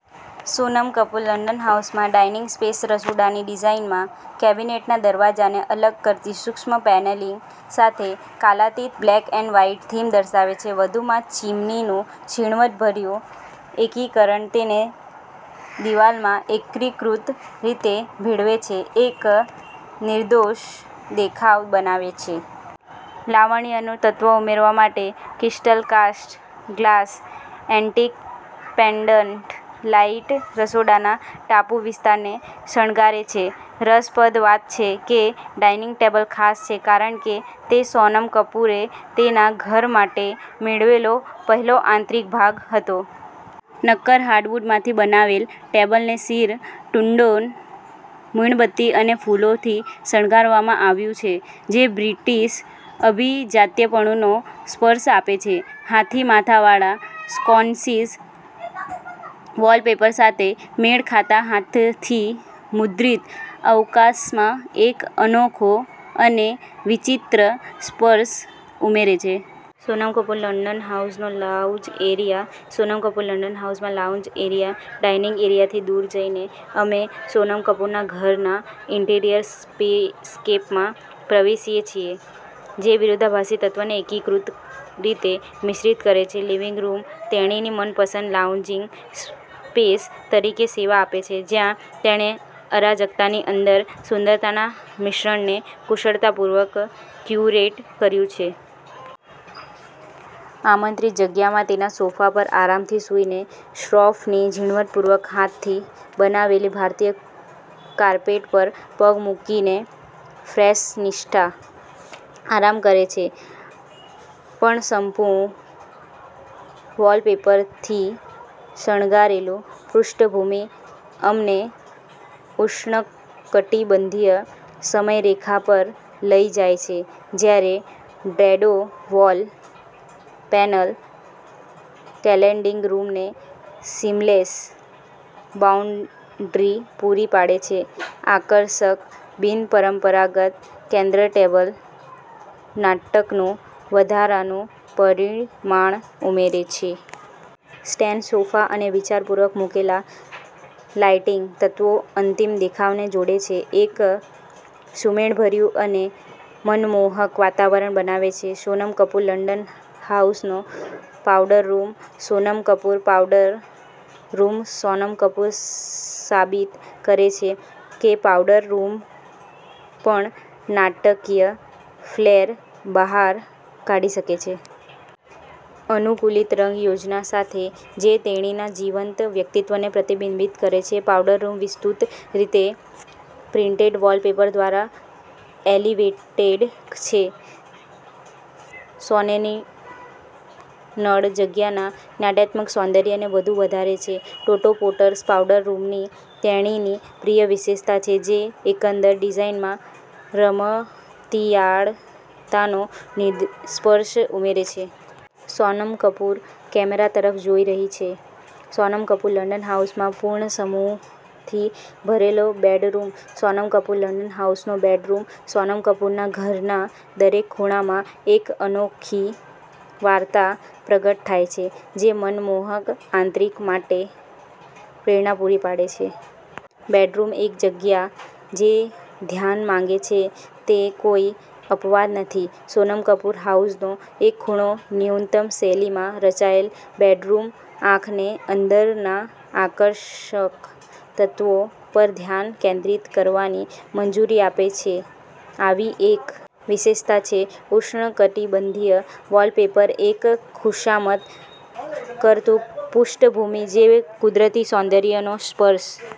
Sonam Kapoor London હાઉસમાં dining space રસોડાની ડિઝાઇનમાં કેબિનેટના દરવાજાને અલગ કરતી સૂક્ષ્મ પેનલિંગ સાથે કાલાતીત બ્લેક એન્ડ વ્હાઇટ થીમ દર્શાવે છે. વધુમાં, ચીમનીનું ઝીણવટભર્યું એકીકરણ તેને દિવાલમાં એકીકૃત રીતે ભેળવે છે, એક નિર્દોષ દેખાવ બનાવે છે. લાવણ્યનું તત્વ ઉમેરવા માટે, crystal cast glass antique pendant light રસોડાના ટાપુ વિસ્તારને શણગારે છે. રસપ્રદ વાત છે કે, ડાઇનિંગ ટેબલ ખાસ છે કારણ કે તે સોનમ કપૂરે તેના ઘર માટે મેળવેલો પહેલો આંતરિક ભાગ હતો. નક્કર હાર્ડવુડમાંથી બનાવેલ, ટેબલને સિર ટ્રુડોન મીણબત્તી અને ફૂલોથી શણગારવામાં આવ્યું છે, જે બ્રિટિશ અભિજાત્યપણુનો સ્પર્શ આપે છે. હાથી-માથાવાળા સ્કોન્સીસ, વૉલપેપર સાથે મેળ ખાતા હાથથી મુદ્રિત, અવકાશમાં એક અનોખો અને વિચિત્ર સ્પર્શ ઉમેરે છે. સોનમ કપૂર લંડન હાઉસનો lounge area Sonam Kapoor London હાઉસમાં લાઉન્જ એરિયા ડાઇનિંગ એરિયાથી દૂર જઈને, અમે સોનમ કપૂરના ઘરના ઈન્ટિરિયર સ્કેપમાં પ્રવેશીએ છીએ જે વિરોધાભાસી તત્વોને એકીકૃત રીતે મિશ્રિત કરે છે. લિવિંગ રૂમ તેણીની મનપસંદ લાઉન્જિંગ સ્પેસ તરીકે સેવા આપે છે, જ્યાં તેણે અરાજકતાની અંદર સુંદરતાના મિશ્રણને કુશળતાપૂર્વક ક્યુરેટ કર્યું છે. આમંત્રિત જગ્યામાં તેના સોફા પર આરામથી સૂઈને, શ્રોફની ઝીણવટપૂર્વક હાથથી બનાવેલી ભારતીય કાર્પેટ પર પગ મૂકીને ફેશનિસ્ટા આરામ કરે છે. પર્ણસમૂહ વૉલપેપરથી શણગારેલું પૃષ્ઠભૂમિ, અમને ઉષ્ણકટિબંધીય સમયરેખા પર લઈ જાય છે. જ્યારે ડેડો વોલ પેનલ ક્લેડીંગ રૂમને સીમલેસ બાઉન્ડ્રી પૂરી પાડે છે આકર્ષક, બિનપરંપરાગત કેન્દ્ર ટેબલ નાટકનું વધારાનું પરિમાણ ઉમેરે છે. સ્ટેન સોફા અને વિચારપૂર્વક મૂકેલા લાઇટિંગ તત્વો અંતિમ દેખાવને જોડે છે, એક સુમેળભર્યું અને મનમોહક વાતાવરણ બનાવે છે. સોનમ કપૂર લંડન હાઉસનો powder room Sonam Kapoor powder room Sonam Kapoor સાબિત કરે છે કે પાઉડર રૂમ પણ નાટકીય ફ્લેર બહાર કાઢી શકે છે. અનુકૂલિત રંગ યોજના સાથે જે તેણીના જીવંત વ્યક્તિત્વને પ્રતિબિંબિત કરે છે, પાવડર રૂમ વિસ્તૃત રીતે પ્રિન્ટેડ વૉલપેપર દ્વારા એલિવેટેડ છે. સોનેરી નળ જગ્યાના નાટ્યાત્મક સૌંદર્યને વધુ વધારે છે. ટોટો પોટ્સ પાવડર રૂમની તેણીની પ્રિય વિશેષતા છે, જે એકંદર ડિઝાઇનમાં રમતિયાળતાનો સ્પર્શ ઉમેરે છે. સોનમ કપૂર કેમેરા તરફ જોઈ રહી છે સોનમ કપૂર લંડન હાઉસમાં પર્ણસમૂહથી ભરેલો બેડરૂમ સોનમ કપૂર લંડન હાઉસનો બેડરૂમ સોનમ કપૂરના ઘરના દરેક ખૂણામાં, એક અનોખી વાર્તા પ્રગટ થાય છે, જે મનમોહક આંતરિક માટે પ્રેરણા પૂરી પાડે છે. બેડરૂમ, એક જગ્યા જે ધ્યાન માંગે છે, તે કોઈ અપવાદ નથી. સોનમ કપૂર હાઉસનો એક ખૂણો ન્યૂનતમ શૈલીમાં રચાયેલ, બેડરૂમ આંખને અંદરના આકર્ષક તત્વો પર ધ્યાન કેન્દ્રિત કરવાની મંજૂરી આપે છે. આવી એક વિશેષતા છે ઉષ્ણકટિબંધીય વૉલપેપર, એક ખુશામત કરતું પૃષ્ઠભૂમિ જે કુદરતી સૌંદર્યનો સ્પર્શ